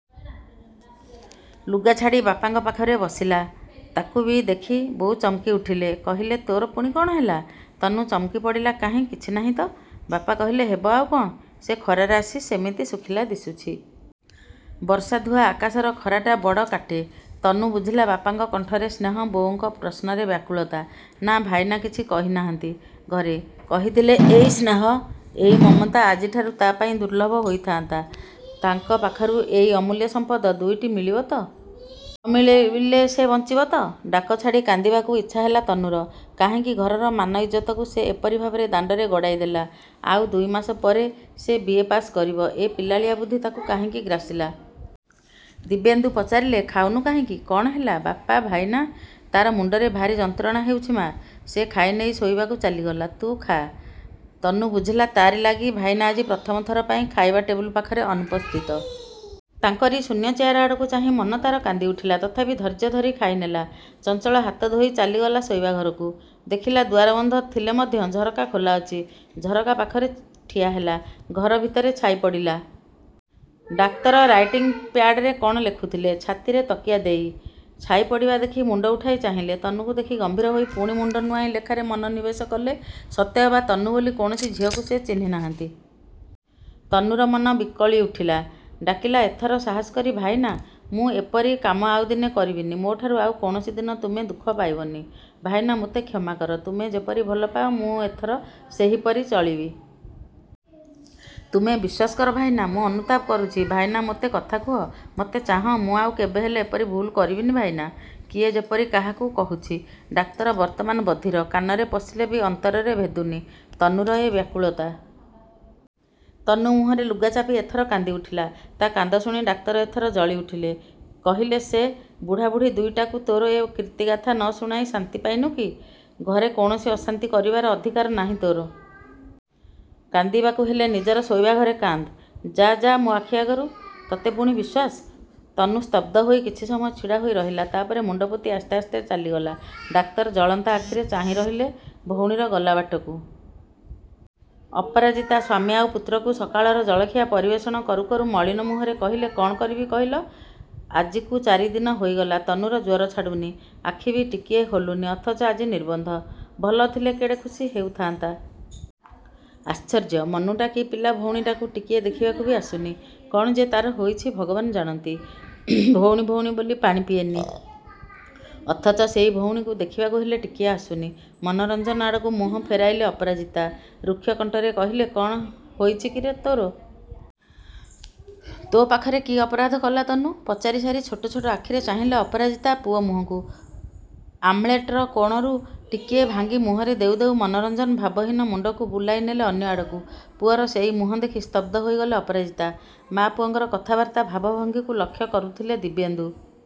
ଲୁଗା ଛାଡ଼ି ବାପାଙ୍କ ପାଖରେ ବସିଲା। ତାକୁ ବି ଦେଖି ବୋଉ ଚମକି ଉଠିଲେ। କହିଲେ ତୋର ପୁଣି କ'ଣ ହେଲା? ତନୁ ଚମକି ପଡ଼ିଲା କାହିଁ କିଛି ନାହିଁ ତ। ବାପା କହିଲେ ହେବ ଆଉ କ'ଣ? ସେ ଖରାରେ ଆସି ସେମିତି ଶୁଖିଲା ଦିଶୁଛି। ବର୍ଷା ଧୁଆ ଆକାଶର ଖରାଟା ବଡ଼ କାଟେ। ତନୁ ବୁଝିଲା ବାପାଙ୍କ କଣ୍ଠରେ ସ୍ନେହ, ବୋଉଙ୍କ ପ୍ରଶ୍ନରେ ବ୍ୟାକୁଳତା। ନା, ଭାଇନା କିଛି କହି ନାହାନ୍ତି ଘରେ। କହିଥିଲେ ଏଇ ସ୍ନେହ, ଏଇ ମମତା ଆଜିଠାରୁ ତା' ପାଇଁ ଦୁର୍ଲଭ ହୋଇଥାନ୍ତା। ତାଙ୍କ ପାଖରୁ ଏଇ ଅମୂଲ୍ୟ ସମ୍ପଦ ଦୁଇଟି ମିଳିବ ତ? ନ ମିଳିଲେ ସେ ବଞ୍ଚିବ ତ! ଡାକ ଛାଡ଼ି କାନ୍ଦିବାକୁ ଇଚ୍ଛା ହେଲା ତନୁର। କାହିଁକି ଘରର ମାନ ଇଜ୍ଜତକୁ ସେ ଏପରି ଭାବରେ ଦାଣ୍ଡରେ ଗଡ଼ାଇ ଦେଲା! ଆଉ ଦୁଇ ମାସ ପରେ ସେ ବି. ଏ ପାଶ୍ କରିବ। ଏ ପିଲାଳିଆ ବୁଦ୍ଧି ତାକୁ କାହିଁକି ଗ୍ରାସିଲା। ଦିବ୍ୟେନ୍ଦୁ ପଚାରିଲେ ଖାଉନୁ କାହିଁକି, କ'ଣ ହେଲା? ବାପା, ଭାଇନା? ତା'ର ମୁଣ୍ଡରେ ଭାରି ଯନ୍ତ୍ରଣା ହେଉଛି ମା'। ସେ ଖାଇନେଇ ଶୋଇବାକୁ ଚାଲିଗଲା। ତୁ ଖାଆ। ତନୁ ବୁଝିଲା, ତାରି ଲାଗି ଭାଇନା ଆଜି ପ୍ରଥମ ଥର ପାଇଁ ଖାଇବା ଟେବୁଲ ପାଖରେ ଅନୁପସ୍ଥିତ। ତାଙ୍କରି ଶୂନ୍ୟ ଚେୟାର ଆଡ଼କୁ ଚାହିଁ ମନ ତା'ର କାନ୍ଦି ଉଠିଲା। ତଥାପି ଧୈର୍ଯ୍ୟ ଧରି ଖାଇନେଲା। ଚଞ୍ଚଳ ହାତ ଧୋଇ ଚାଲିଗଲା ଶୋଇବା ଘରକୁ। ଦେଖିଲା ଦୁଆର ବନ୍ଦ ଥିଲେ ମଧ୍ୟ ଝରକା ଖୋଲା ଅଛି। ଝରକା ପାଖରେ ଠିଆ ହେଲା। ଘର ଭିତରେ ଛାଇ ପଡ଼ିଲା। ଡାକ୍ତର ରାଇଟିଂ ପ୍ୟାଡ୍ ରେ କ'ଣ ଲେଖୁଥିଲେ ଛାତିରେ ତକିଆ ଦେଇ। ଛାଇ ପଡ଼ିବା ଦେଖି ମୁଣ୍ଡ ଉଠାଇ ଚାହିଁଲେ। ତନୁକୁ ଦେଖି ଗମ୍ଭୀର ହୋଇ ପୁଣି ମୁଣ୍ଡ ନୁଆଁଇ ଲେଖାରେ ମନୋନିବେଶ କଲେ। ସତେଅବା ତନୁ ବୋଲି କୌଣସି ଝିଅକୁ ସେ ଚିହ୍ନି ନାହାନ୍ତି। ତନୁର ମନ ବିକଳି ଉଠିଲା। ଡାକିଲା ଏଥର ସାହସ କରି ଭାଇନା, ମୁଁ ଏପରି କାମ ଆଉ ଦିନେ କରିବିନି। ମୋଠାରୁ ଆଉ କୌଣସି ଦିନ ତୁମେ ଦୁଃଖ ପାଇବନି। ଭାଇନା ମୋତେ କ୍ଷମା କର। ତୁମେ ଯେପରି ଭଲ ପାଅ, ମୁଁ ଏଥର ସେହିପରି ଚଳିବି। ତୁମେ ବିଶ୍ୱାସ କର ଭାଇନା, ମୁଁ ଅନୁତାପ କରୁଛି। ଭାଇନା ମୋତେ କଥା କୁହ, ମତେ ଚାହଁ, ମୁଁ ଆଉ କେବେହେଲେ ଏପରି ଭୁଲ୍ କରିବିନି ଭାଇନା। କିଏ ଯେପରି କାହାକୁ କହୁଛି। ଡାକ୍ତର ବର୍ତ୍ତମାନ ବଧିର। କାନରେ ପଶିଲେ ବି ଅନ୍ତରରେ ଭେଦୁନି ତନୁର ଏ ବ୍ୟାକୁଳତା। ତନୁ ମୁହଁରେ ଲୁଗା ଚାପି ଏଥର କାନ୍ଦି ଉଠିଲା। ତା' କାନ୍ଦ ଶୁଣି ଡାକ୍ତର ଏଥର ଜଳି ଉଠିଲେ। କହିଲେ ସେ ବୁଢ଼ା ବୁଢ଼ୀ ଦୁଇଟାଙ୍କୁ ତୋର ଏ କୀର୍ତ୍ତିଗାଥା ନ ଶୁଣାଇ ଶାନ୍ତି ପାଇନୁ କି। ଘରେ କୌଣସି ଅଶାନ୍ତି କରିବାର ଅଧିକାର ନାହିଁ ତୋର। କାନ୍ଦିବାକୁ ହେଲେ ନିଜର ଶୋଇବା ଘରେ କାନ୍ଦ୍ ଯା। ଯା ମୋ ଆଖି ଆଗରୁ। ତତେ ପୁଣି ବିଶ୍ୱାସ! ତନୁ ସ୍ତବ୍ଧ ହୋଇ କିଛି ସମୟ ଠିଆ ହୋଇ ରହିଲା। ତା' ପରେ ମୁଣ୍ଡ ପୋତି ଆସ୍ତେ ଆସ୍ତେ ଚାଲିଗଲା। ଡାକ୍ତର ଜଳନ୍ତା ଆଖିରେ ଚାହିଁ ରହିଲେ ଭଉଣୀର ଗଲା ବାଟକୁ। ଅପରାଜିତା ସ୍ୱାମୀ ଆଉ ପୁତ୍ରକୁ ସକାଳର ଜଳଖିଆ ପରିବେଷଣ କରୁ କରୁ ମଳିନ ମୁହଁରେ କହିଲେ କ'ଣ କରିବି କହିଲ, ଆଜିକୁ ଚାରି ଦିନ ହୋଇଗଲା। ତନୁର ଜ୍ୱର ଛାଡ଼ୁନି। ଆଖି ବି ଟିକିଏ ଖୋଲୁନି। ଅଥଚ ଆଜି ନିର୍ବନ୍ଧ। ଭଲ ଥିଲେ କେଡ଼େ ଖୁସି ହେଉଥାନ୍ତା। ଆଶ୍ଚର୍ଯ୍ୟ, ମନୁଟା କି ପିଲା ଭଉଣୀଟାକୁ ଟିକିଏ ଦେଖିବାକୁ ବି ଆସୁନି। କ'ଣ ଯେ ତା'ର ହୋଇଛି ଭଗବାନ ଜାଣନ୍ତି। ଭଉଣୀ ଭଉଣୀ ବୋଲି ପାଣି ପିଏନି, ଅଥଚ ସେଇ ଭଉଣୀକୁ ଦେଖିବାକୁ ହେଲେ ଟିକିଏ ଆସୁନି। ମନୋରଞ୍ଜନ ଆଡ଼କୁ ମୁହଁ ଫେରାଇଲେ ଅପରାଜିତା। ରୁକ୍ଷ କଣ୍ଠରେ କହିଲେ କ'ଣ ହୋଇଛି କିରେ ତୋର। ତୋ ପାଖରେ କି ଅପରାଧ କଲା ତନୁ? ପଚାରି ସାରି ଛୋଟ ଛୋଟ ଆଖିରେ ଚାହିଁଲେ ଅପରାଜିତା ପୁଅ ମୁହଁକୁ। ଆମ୍ଲେଟର କୋଣରୁ ଟିକିଏ ଭାଙ୍ଗି ମୁହଁରେ ଦେଉ ଦେଉ ମନୋରଞ୍ଜନ ଭାବହୀନ ମୁଣ୍ଡକୁ ବୁଲାଇ ନେଲେ ଅନ୍ୟ ଆଡ଼କୁ। ପୁଅର ସେହି ମୁହଁ ଦେଖି ସ୍ତବ୍ଧ ହୋଇଗଲେ ଅପରାଜିତା। ମା' ପୁଅଙ୍କର କଥାବାର୍ତ୍ତା ଭାବଭଙ୍ଗୀକୁ ଲକ୍ଷ୍ୟ କରୁଥିଲେ ଦିବ୍ୟେନ୍ଦୁ।